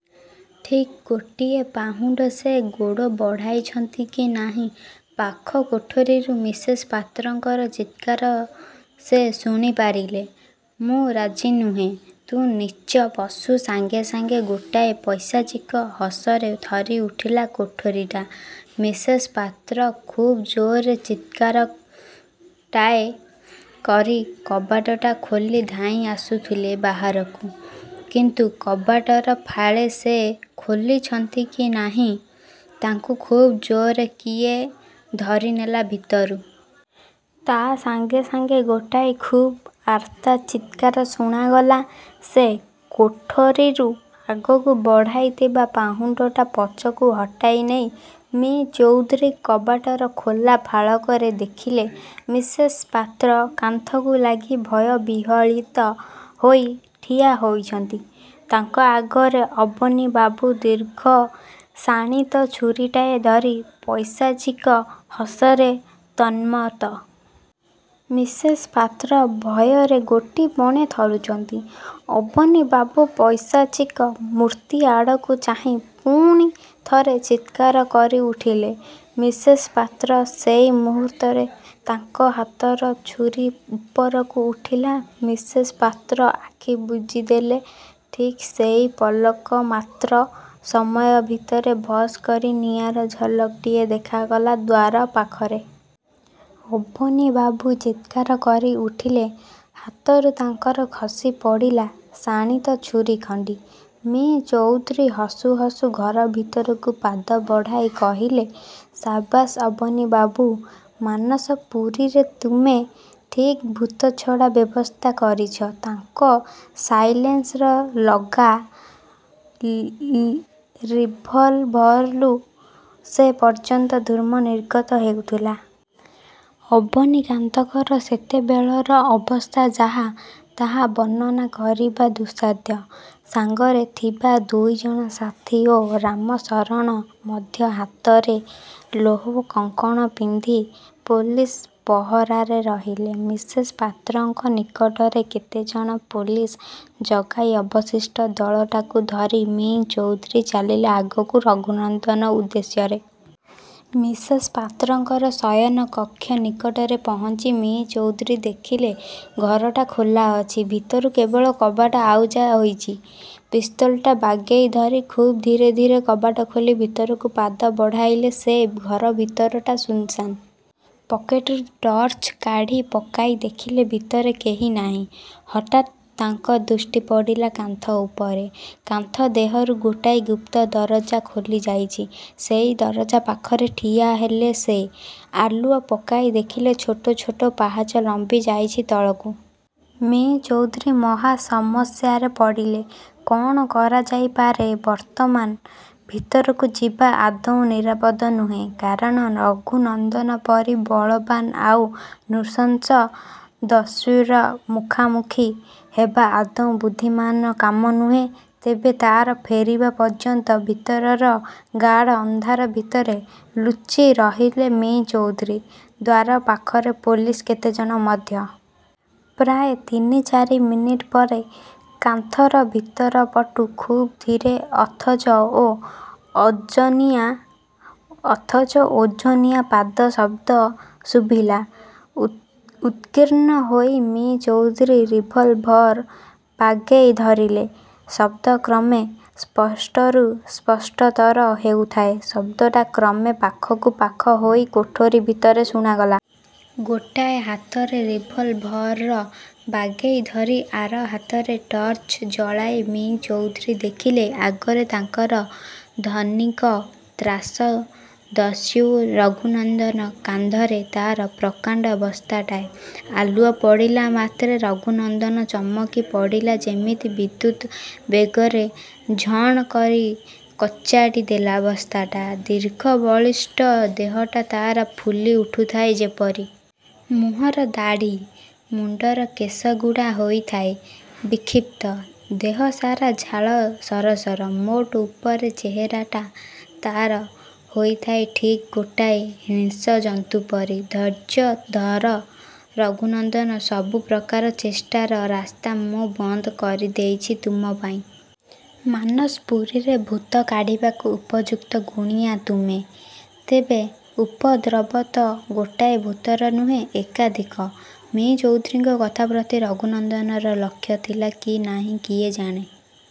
ଠିକ୍ ଗୋଟିଏ ପାହୁଣ୍ଡ ସେ ଗୋଡ଼ ବଢ଼ାଇଛନ୍ତି କି ନାହିଁ ପାଖ କୋଠରୀରୁ ମିସେସ୍ ପାତ୍ରଙ୍କର ଚିତ୍କାର ସେ ଶୁଣି ପାରିଲେ। ''ମୁଁ ରାଜି ନୁହେଁ; ତୁ ନୀଚ, ପଶୁ! '' ସାଙ୍ଗେ ସାଙ୍ଗେ ଗୋଟାଏ ପୈଶାଚିକ ହସରେ ଥରି ଉଠିଲା କୋଠରୀଟା। ମିସେସ୍ ପାତ୍ର ଖୁବ୍ ଜୋର୍ରେ ଚିତ୍କାରଟାଏ କରି କବାଟଟା ଖୋଲି ଧାଇଁ ଆସୁଥିଲେ ବାହାରକୁ, କିନ୍ତୁ କବାଟର ଫାଳେ ସେ ଖୋଲିଛନ୍ତି କି ନାହିଁ, ତାଙ୍କୁ ଖୁବ୍ ଜୋର୍ରେ କିଏ ଧରିନେଲା ଭିତରୁ। ତା' ସାଙ୍ଗେ ସାଙ୍ଗେ ଗୋଟାଏ ଖୁବ୍ ଆର୍ତ୍ତ ଚିତ୍କାର ଶୁଣାଗଲା ସେ କୋଠରୀରୁ। ଆଗକୁ ବଢ଼ାଇଥିବା ପାହୁଣ୍ଡଟା ପଛକୁ ହଟାଇ ନେଇ ମି: ଚୌଧୁରୀ କବାଟର ଖୋଲା ଫାଳକରେ ଦେଖିଲେ ମିସେସ୍ ପାତ୍ର କାନ୍ଥକୁ ଲାଗି ଭୟ-ବିହ୍ୱଳିତା ହୋଇ ଠିଆ ହୋଇଛନ୍ତି। ତାଙ୍କ ଆଗରେ ଅବନୀବାବୁ ଦୀର୍ଘ ଶାଣିତ ଛୁରୀଟାଏ ଧରି ପୈଶାଚିକ ହସରେ ଉନ୍ମତ୍ତ। ମିସେସ୍ ପାତ୍ର ଭୟରେ ଗୋଟିପଣେ ଥରୁଛନ୍ତି। ଅବନୀବାବୁ ପୈଶାଚିକ ମୂର୍ତ୍ତିଆଡ଼କୁ ଚାହିଁ ପୁଣି ଥରେ ଚିତ୍କାର କରି ଉଠିଲେ ମିସେସ୍ ପାତ୍ର। ସେଇ ମୁହୂର୍ତ୍ତରେ ତାଙ୍କ ହାତର ଛୁରୀ ଉପରକୁ ଉଠିଲା। ମିସେସ୍ ପାତ୍ର ଆଖି ବୁଜିଦେଲେ-। ଠିକ୍ ସେଇ ପଲକ ମାତ୍ର ସମୟ ଭିତରେ 'ଭଷ୍' କରି ନିଆଁର ଝଲକ୍ଟିଏ ଦେଖାଗଲା ଦ୍ୱାର ପାଖରେ। ଅବନୀବାବୁ ଚିତ୍କାର କରି ଉଠିଲେ। ହାତରୁ ତାଙ୍କର ଖସି ପଡ଼ିଲା ଶାଣିତ ଛୁରୀଖଣ୍ଡି। ମି: ଚୌଧୁରୀ ହସୁ ହସୁ ଘର ଭିତରକୁ ପାଦ ବଢ଼ାଇ। କହିଲେ-''ସାବାସ୍ ଅବନୀବାବୁ! ମାନସପୁରୀରେ ତୁମେ ଠିକ୍ ଭୂତ ଛଡ଼ା ବ୍ୟବସ୍ଥା କରିଛ। '' ତାଙ୍କ ସାଇଲେନସ୍ର ଲଗା ରିଭଲଭରରୁ ସେ ପର୍ଯ୍ୟନ୍ତ ଧୂମ ନିର୍ଗତ ହେଉଥିଲା। ଅବନୀକାନ୍ତଙ୍କର ସେତେବେଳର ଅବସ୍ଥା ଯାହା, ତାହା ବର୍ଣ୍ଣନା କରିବା ଦୁଃସାଧ୍ୟ। ସାଙ୍ଗରେ ଥିବା ଦୁଇଜଣ ସାଥି ଓ ରାମଶରଣ ମଧ୍ୟ ହାତରେ ଲୌହ କଙ୍କଣ ପିନ୍ଧି ପୋଲିସ୍ ପହରାରେ ରହିଲେ। ମିସେସ୍ ପାତ୍ରଙ୍କ ନିକଟରେ କେତେଜଣ ପୋଲିସ୍ ଜଗାଇ ଅବଶିଷ୍ଟ ଦଳଟାକୁ ଧରି ମି: ଚୌଧୁରୀ ଚାଲିଲେ ଆଗକୁ ରଘୁନନ୍ଦନ ଉଦ୍ଦେଶ୍ୟରେ। ମିସେସ୍ ପାତ୍ରଙ୍କର ଶୟନ କକ୍ଷ ନିକଟରେ ପହଞ୍ଚି ମି: ଚୌଧୁରୀ ଦେଖିଲେ ଘରଟା ଖୋଲା ଅଛି। ଭିତରୁ କେବଳ କବାଟ ଆଉଜା ହୋଇଛି। ପିସ୍ତଲଟା ବାଗେଇ ଧରି ଖୁବ୍ ଧୀରେ ଧୀରେ କବାଟ ଖୋଲି ଭିତରକୁ ପାଦ ବଢ଼ାଇଲେ ସେ। ଘର ଭିତରଟା ଶୂନ୍ ଶାନ୍। ପକେଟରୁ ଟର୍ଚ୍ଚ କାଢ଼ି ପକାଇ ଦେଖିଲେ ଭିତରେ କେହି ନାହିଁ। ହଠାତ୍ ତାଙ୍କ ଦୃଷ୍ଟି ପଡ଼ିଲା କାନ୍ଥ ଉପରେ। କାନ୍ଥ ଦେହରୁ ଗୋଟାଏ ଗୁପ୍ତ ଦରଜା ଖୋଲି ଯାଇଛି। ସେଇ ଦରଜା ପାଖରେ ଠିଆ ହେଲେ ସେ-। ଆଲୁଅ ପକାଇ ଦେଖିଲେ ଛୋଟ ଛୋଟ ପାହାଚ ଲମ୍ବି ଯାଇଚି ତଳକୁ। ମି: ଚୌଧୁରୀ ମହା ସମସ୍ୟାରେ ପଡ଼ିଲେ। ''କ'ଣ କରାଯାଇପାରେ ବର୍ତ୍ତମାନ! ଭିତରକୁ ଯିବା ଆଦୌ ନିରାପଦ ନୁହେଁ। କାରଣ ରଘୁନନ୍ଦନ ପରି ବଳବାନ ଆଉ ନୃଶଂସ ଦସ୍ୟୁର ମୁଖାମୁଖି ହେବା ଆଦୌ ବୁଦ୍ଧିମାନର କାମ ନୁହେଁ। ତେବେ ତା'ର ଫେରିବା ପର୍ଯ୍ୟନ୍ତ ଭିତରର ଗାଢ଼ ଅନ୍ଧାର ଭିତରେ ଲୁଚି ରହିଲେ ମି: ଚୌଧୁରୀ; ଦ୍ୱାର ପାଖରେ ପୋଲିସ୍ କେତେଜଣ ମଧ୍ୟ। ପ୍ରାୟ ତିନି ଚାରି ମିନିଟ୍ ପରେ କାନ୍ଥର ଭିତରପଟୁ ଖୁବ୍ ଧୀର ଅଥଚ ଓଜନିଆ ପାଦ ଶବ୍ଦ ଶୁଭିଲା। ଉତ୍କୀର୍ଣ୍ଣ ହୋଇ ମି: ଚୌଧୁରୀ ରିଭଲଭର୍ ବାଗେଇ ଧରିଲେ। ଶବ୍ଦ କ୍ରମେ ସ୍ପଷ୍ଟରୁ ସ୍ପଷ୍ଟତର ହେଉଥାଏ। ଶବ୍ଦଟା କ୍ରମେ ପାଖକୁ ପାଖ ହୋଇ କୋଠରୀ ଭିତରେ ଶୁଣାଗଲା। ଗୋଟାଏ ହାତରେ ରିଭଲଭର୍ ବାଗେଇ ଧରି ଆର ହାତରେ ଟର୍ଚ୍ଚ ଜଳାଇ ମି: ଚୌଧୁରୀ ଦେଖିଲେ, ଆଗରେ ତାଙ୍କର ଧନୀକ-ତ୍ରାସ ଦସ୍ୟୁ ରଘୁନନ୍ଦନ। କାନ୍ଧରେ ତା'ର ପ୍ରକାଣ୍ଡ ବସ୍ତାଟାଏ-। ଆଲୁଅ ପଡ଼ିଲା ମାତ୍ରେ ରଘୁନନ୍ଦନ ଚମକି ପଡ଼ିଲା ଯେମିତି। ବିଦ୍ୟୁତ୍ ବେଗରେ ଝଣ୍ କରି କଚାଡ଼ି ଦେଲା ବସ୍ତାଟା; ଦୀର୍ଘ, ବଳିଷ୍ଟ ଦେହଟା ତା'ର ଫୁଲି ଉଠୁଥାଏ ଯେପରି। ମୁହଁର ଦାଢ଼ି, ମୁଣ୍ଡର କେଶଗୁଡ଼ା ହୋଇଥାଏ ବିକ୍ଷିପ୍ତ। ଦେହ ସାରା ଝାଳ ସରସର। ମୋଟ ଉପରେ ଚେହେରାଟା ତା'ର ହୋଇଥାଏ ଠିକ୍ ଗୋଟାଏ ହିଂସ୍ର ଜନ୍ତୁ ପରି। ''ଧୈର୍ଯ୍ୟ ଧର ରଘୁନନ୍ଦନ! ସବୁ ପ୍ରକାର ଚେଷ୍ଟାର ରାସ୍ତା ମୁଁ ବନ୍ଦ କରି ଦେଇଛି ତୁମ ପାଇଁ। ମାନସପୁରୀରେ ଭୂତ କାଢ଼ିବାକୁ ଉପଯୁକ୍ତ ଗୁଣିଆ ତୁମେ। ତେବେ ଉପଦ୍ରବ ତ ଗୋଟିଏ ଭୂତର ନୁହେଁ, ଏକାଧିକ! '' ମି: ଚୌଧୁରୀଙ୍କ କଥା ପ୍ରତି ରଘୁନନ୍ଦନର ଲକ୍ଷ୍ୟ ଥିଲା କି ନାହିଁ କିଏ ଜାଣେ?